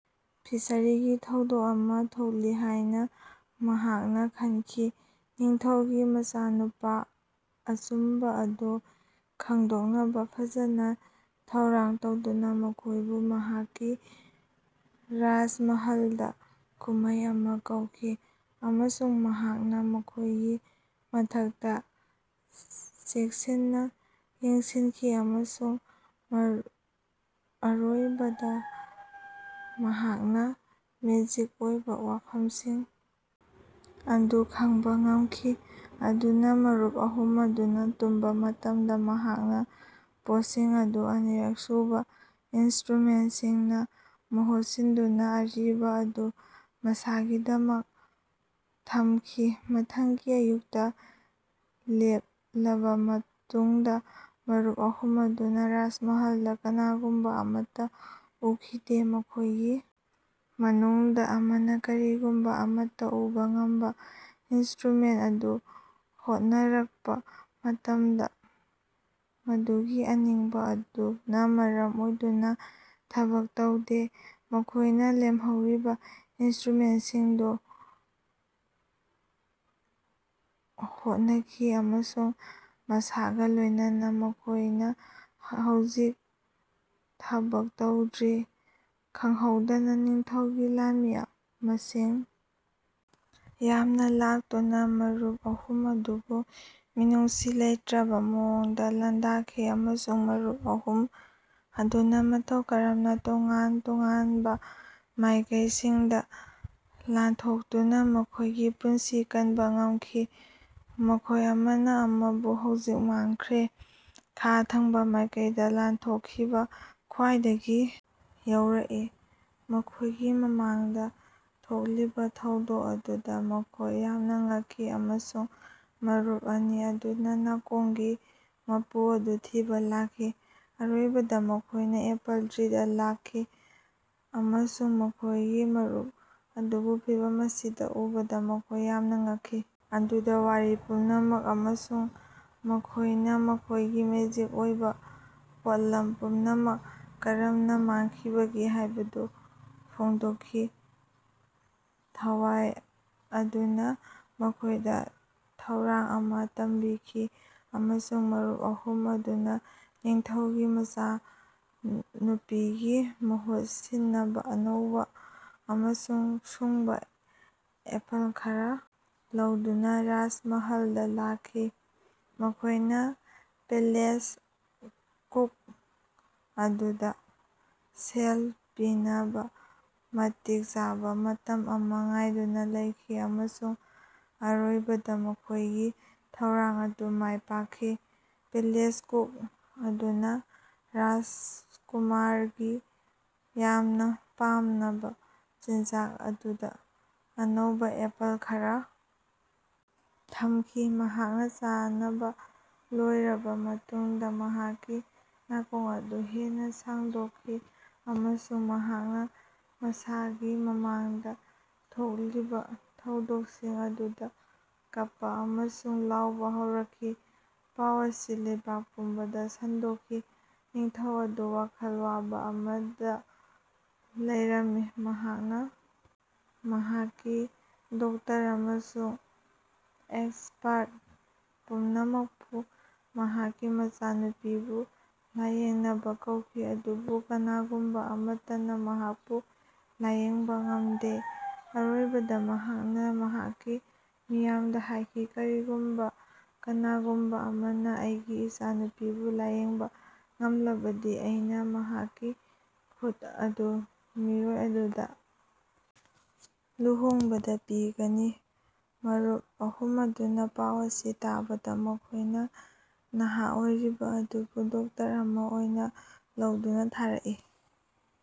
ꯐꯤꯁꯔꯤꯒꯤ ꯊꯧꯗꯣꯛ ꯑꯃꯥ ꯊꯣꯛꯂꯤ ꯍꯥꯏꯅꯥ ꯃꯍꯥꯛꯅꯥ ꯈꯟꯈꯤ꯫ ꯅꯤꯡꯊꯧꯒꯤ ꯃꯆꯥꯅꯨꯄꯥ ꯑꯆꯨꯝꯕꯥ ꯑꯗꯨ ꯈꯪꯗꯣꯛꯅꯕꯥ ꯐꯖꯅꯥ ꯊꯧꯔꯥꯡ ꯇꯧꯗꯨꯅꯥ ꯃꯈꯣꯏꯕꯨ ꯃꯍꯥꯛꯀꯤ ꯔꯥꯖꯃꯍꯜꯗꯥ ꯀꯨꯝꯃꯩ ꯑꯃꯗꯥ ꯀꯧꯈꯤ꯫ ꯑꯃꯁꯨꯡ ꯃꯍꯥꯛꯅꯥ ꯃꯈꯣꯏꯒꯤ ꯃꯊꯛꯇꯥ ꯆꯦꯛꯁꯤꯟꯅꯥ ꯌꯦꯡꯁꯤꯟꯈꯤ ꯑꯃꯁꯨꯡ ꯑꯔꯣꯏꯕꯗꯥ ꯃꯍꯥꯛꯅꯥ ꯃꯦꯖꯤꯛ ꯑꯣꯏꯕꯥ ꯋꯥꯐꯝꯁꯤꯡ ꯑꯗꯨ ꯈꯪꯕꯥ ꯉꯝꯈꯤ꯫ ꯑꯗꯨꯅꯥ ꯃꯔꯨꯞ ꯑꯍꯨꯝ ꯑꯗꯨꯅ ꯇꯨꯝꯕꯥ ꯃꯇꯝꯗꯥ ꯃꯍꯥꯛꯅꯥ ꯄꯣꯠꯁꯤꯡ ꯑꯗꯨ ꯑꯅꯤꯔꯛ ꯁꯨꯕꯥ ꯏꯅꯁ꯭ꯇꯔꯨꯃꯦꯟꯠꯁꯤꯡꯅꯥ ꯃꯍꯨꯠ ꯁꯤꯟꯗꯨꯅꯥ ꯑꯔꯤꯕꯥ ꯑꯗꯨ ꯃꯁꯥꯒꯤꯗꯃꯛ ꯊꯝꯈꯤ꯫ ꯃꯊꯪꯒꯤ ꯑꯌꯨꯛꯇꯥ ꯂꯦꯞꯂꯕꯥ ꯃꯇꯨꯡꯗꯥ ꯃꯔꯨꯞ ꯑꯍꯨꯝ ꯑꯗꯨꯅꯥ ꯔꯥꯖꯃꯍꯜꯗꯥ ꯀꯅꯥꯒꯨꯝꯕꯥ ꯑꯃꯠꯇꯥ ꯎꯈꯤꯗꯦ꯫ ꯃꯈꯣꯏꯒꯤ ꯃꯅꯨꯡꯗꯥ ꯑꯃꯅꯥ ꯀꯔꯤꯒꯨꯝꯕꯥ ꯑꯃꯠꯇꯥ ꯎꯕꯥ ꯉꯝꯕꯥ ꯏꯅꯁ꯭ꯇꯔꯨꯃꯦꯟꯠ ꯑꯗꯨ ꯍꯣꯠꯅꯔꯛꯄꯥ ꯃꯇꯝꯗꯥ ꯃꯗꯨꯒꯤ ꯑꯅꯤꯡꯕꯥ ꯑꯗꯨꯅꯥ ꯃꯔꯝ ꯑꯣꯏꯗꯨꯅꯥ ꯊꯕꯛ ꯇꯧꯗꯦ꯫ ꯃꯈꯣꯏꯅꯥ ꯂꯦꯝꯍꯧꯔꯤꯕꯥ ꯏꯅꯁ꯭ꯇꯔꯨꯃꯦꯟꯠꯁꯤꯡꯗꯨ ꯍꯣꯠꯅꯈꯤ ꯑꯃꯁꯨꯡ ꯃꯁꯤꯒꯥ ꯂꯣꯏꯅꯅꯥ ꯃꯈꯣꯏꯅꯥ ꯍꯧꯖꯤꯛ ꯊꯕꯛ ꯇꯧꯗ꯭ꯔꯤ꯫ ꯈꯪꯍꯧꯗꯅꯥ ꯅꯤꯡꯊꯧꯒꯤ ꯂꯥꯟꯃꯤ ꯃꯁꯤꯡ ꯌꯥꯝꯅꯥ ꯂꯥꯛꯇꯨꯅꯥ ꯃꯔꯨꯞ ꯑꯍꯨꯝ ꯑꯗꯨꯕꯨ ꯃꯤꯅꯨꯡꯁꯤ ꯂꯩꯇ꯭ꯔꯕꯥ ꯃꯑꯣꯡꯗꯥ ꯂꯥꯟꯗꯥꯈꯤ ꯑꯃꯁꯨꯡ ꯃꯔꯨꯞ ꯑꯍꯨꯝ ꯑꯗꯨꯅꯥ ꯃꯇꯧ ꯀꯔꯝꯅꯥ ꯇꯣꯉꯥꯟ ꯇꯣꯉꯥꯟꯕꯥ ꯃꯥꯏꯀꯩꯁꯤꯡꯗꯥ ꯂꯥꯟꯊꯣꯛꯇꯨꯅꯥ ꯃꯈꯣꯏꯒꯤ ꯄꯨꯟꯁꯤ ꯀꯟꯕꯥ ꯉꯝꯈꯤ꯫ ꯃꯈꯣꯏ ꯑꯃꯅꯥ ꯑꯃꯕꯨ ꯍꯧꯖꯤꯛ ꯃꯥꯡꯈ꯭ꯔꯦ꯫ ꯈꯥ ꯊꯪꯕꯥ ꯃꯥꯏꯀꯩꯗꯥ ꯂꯥꯟꯊꯣꯛꯈꯤꯕꯥ ꯈ꯭ꯋꯥꯏꯗꯒꯤ ꯌꯧꯔꯛꯏ꯫ ꯃꯈꯣꯏꯒꯤ ꯃꯃꯥꯡꯗꯥ ꯊꯣꯛꯂꯤꯕꯥ ꯊꯧꯗꯣꯛ ꯑꯗꯨꯗꯥ ꯃꯈꯣꯏ ꯌꯥꯝꯅꯥ ꯉꯛꯈꯤ ꯑꯃꯁꯨꯡ ꯃꯔꯨꯞ ꯑꯅꯤ ꯑꯗꯨꯅꯥ ꯅꯥꯀꯣꯡꯒꯤ ꯃꯄꯨ ꯑꯗꯨ ꯊꯤꯕꯥ ꯂꯥꯛꯈꯤ꯫ ꯑꯔꯣꯏꯕꯗꯥ ꯃꯈꯣꯏꯅꯥ ꯑꯦꯄꯜ ꯇ꯭ꯔꯤꯗꯥ ꯂꯥꯛꯈꯤ ꯑꯃꯁꯨꯡ ꯃꯈꯣꯏꯒꯤ ꯃꯔꯨꯞ ꯑꯗꯨꯕꯨ ꯐꯤꯚꯝ ꯑꯁꯤꯗꯥ ꯎꯕꯗꯥ ꯃꯈꯣꯏ ꯌꯥꯝꯅꯥ ꯉꯛꯈꯤ꯫ ꯑꯗꯨꯗꯥ ꯋꯥꯔꯤ ꯄꯨꯝꯅꯃꯛ ꯑꯃꯁꯨꯡ ꯃꯈꯣꯏꯅꯥ ꯃꯈꯣꯏꯒꯤ ꯃꯦꯖꯤꯛ ꯑꯣꯏꯕꯥ ꯄꯣꯠꯂꯝ ꯄꯨꯝꯅꯃꯛ ꯀꯔꯝꯅꯥ ꯃꯥꯡꯈꯤꯕꯒꯦ ꯍꯥꯏꯕꯗꯨ ꯐꯣꯡꯗꯣꯛꯈꯤ꯫ ꯊꯋꯥꯏ ꯑꯗꯨꯅꯥ ꯃꯈꯣꯏꯗꯥ ꯊꯧꯔꯥꯡ ꯑꯃꯥ ꯇꯝꯕꯤꯈꯤ ꯑꯃꯁꯨꯡ ꯃꯔꯨꯞ ꯑꯍꯨꯝ ꯑꯗꯨꯅꯥ ꯅꯤꯡꯊꯧꯒꯤ ꯃꯆꯥꯅꯨꯄꯤꯒꯤ ꯃꯍꯨꯠ ꯁꯤꯟꯅꯕꯥ ꯑꯅꯧꯕꯥ ꯑꯃꯁꯨꯡ ꯁꯨꯡꯕꯥ ꯑꯦꯄꯜ ꯈꯔꯥ ꯂꯧꯗꯨꯅꯥ ꯔꯥꯖꯃꯍꯜꯗꯥ ꯂꯥꯛꯈꯤ꯫ ꯃꯈꯣꯏꯅꯥ ꯄꯦꯂꯦꯁ ꯀꯨꯛ ꯑꯗꯨꯗꯥ ꯁꯦꯜ ꯄꯤꯅꯕꯥ ꯃꯇꯤꯛ ꯆꯥꯕꯥ ꯃꯇꯝ ꯑꯃꯥ ꯉꯥꯏꯗꯨꯅꯥ ꯂꯩꯈꯤ ꯑꯃꯁꯨꯡ ꯑꯔꯣꯏꯕꯗꯥ ꯃꯈꯣꯏꯒꯤ ꯊꯧꯔꯥꯡ ꯑꯗꯨ ꯃꯥꯏ ꯄꯥꯛꯈꯤ꯫ ꯄꯦꯂꯦꯁ ꯀꯨꯛ ꯑꯁꯤꯅꯥ ꯔꯥꯖꯀꯨꯃꯥꯔꯒꯤ ꯌꯥꯝꯅꯥ ꯄꯥꯝꯅꯕꯥ ꯆꯤꯟꯖꯥꯛ ꯑꯗꯨꯗꯥ ꯑꯅꯧꯕꯥ ꯑꯦꯄꯜ ꯈꯔꯥ ꯊꯝꯈꯤ꯫ ꯃꯍꯥꯛꯅꯥ ꯆꯥꯅꯕꯥ ꯂꯣꯏꯔꯕꯥ ꯃꯇꯨꯡꯗꯥ ꯃꯍꯥꯛꯀꯤ ꯅꯥꯀꯣꯡ ꯑꯗꯨ ꯍꯦꯟꯅꯥ ꯁꯥꯡꯗꯣꯛꯈꯤ ꯑꯃꯁꯨꯡ ꯃꯍꯥꯛꯅꯥ ꯃꯁꯥꯒꯤ ꯃꯃꯥꯡꯗꯥ ꯊꯣꯛꯂꯤꯕꯥ ꯊꯧꯗꯣꯀꯁꯤꯡ ꯑꯗꯨꯗꯥ ꯀꯞꯄꯥ ꯑꯃꯁꯨꯡ ꯂꯥꯎꯕꯥ ꯍꯧꯔꯛꯈꯤ꯫ ꯄꯥꯎ ꯑꯁꯤ ꯂꯩꯕꯥꯛ ꯄꯨꯝꯕꯗꯥ ꯁꯟꯗꯣꯛꯈꯤ꯫ ꯅꯤꯡꯊꯧ ꯑꯗꯨ ꯋꯥꯈꯜ ꯋꯥꯕꯥ ꯑꯃꯗꯥ ꯂꯩꯔꯝꯃꯤ꯫ ꯃꯍꯥꯛꯅꯥ ꯃꯍꯥꯛꯀꯤ ꯗꯣꯛꯇꯔ ꯑꯃꯁꯨꯡ ꯑꯦꯛꯁꯄꯔꯠ ꯄꯨꯝꯅꯃꯛꯄꯨ ꯃꯍꯥꯛꯀꯤ ꯃꯆꯥꯅꯨꯄꯤꯕꯨ ꯂꯥꯌꯦꯡꯅꯕꯥ ꯀꯧꯈꯤ ꯑꯗꯨꯕꯨ ꯀꯅꯥꯒꯨꯝꯕꯥ ꯑꯃꯠꯇꯅꯥ ꯃꯍꯥꯛꯄꯨ ꯂꯥꯌꯦꯡꯕꯥ ꯉꯝꯗꯦ꯫ ꯑꯔꯣꯏꯕꯗꯥ ꯃꯍꯥꯛꯅꯥ ꯃꯍꯥꯛꯀꯤ ꯃꯤꯌꯥꯝꯗꯥ ꯍꯥꯏꯈꯤ ꯀꯔꯤꯒꯨꯝꯕꯥ ꯀꯅꯥꯒꯨꯝꯕꯥ ꯑꯃꯅꯥ ꯑꯩꯒꯤ ꯏꯆꯥꯅꯨꯄꯤꯕꯨ ꯂꯥꯌꯦꯡꯕꯥ ꯉꯝꯂꯕꯗꯤ ꯑꯩꯅꯥ ꯃꯍꯥꯛꯀꯤ ꯈꯨꯠ ꯑꯗꯨ ꯃꯤꯑꯣꯏ ꯑꯗꯨꯗꯥ ꯂꯨꯍꯣꯡꯕꯗꯥ ꯄꯤꯒꯅꯤ꯫ ꯃꯔꯨꯞ ꯑꯍꯨꯝ ꯑꯗꯨꯅꯥ ꯄꯥꯎ ꯑꯁꯤ ꯇꯥꯕꯗꯥ ꯃꯈꯣꯏꯅꯥ ꯅꯍꯥ ꯑꯣꯏꯔꯤꯕꯥ ꯑꯗꯨꯕꯨ ꯗꯣꯛꯇꯔ ꯑꯃꯥ ꯑꯣꯏꯅꯥ ꯂꯧꯗꯨꯅꯥ ꯊꯥꯔꯛꯏ꯫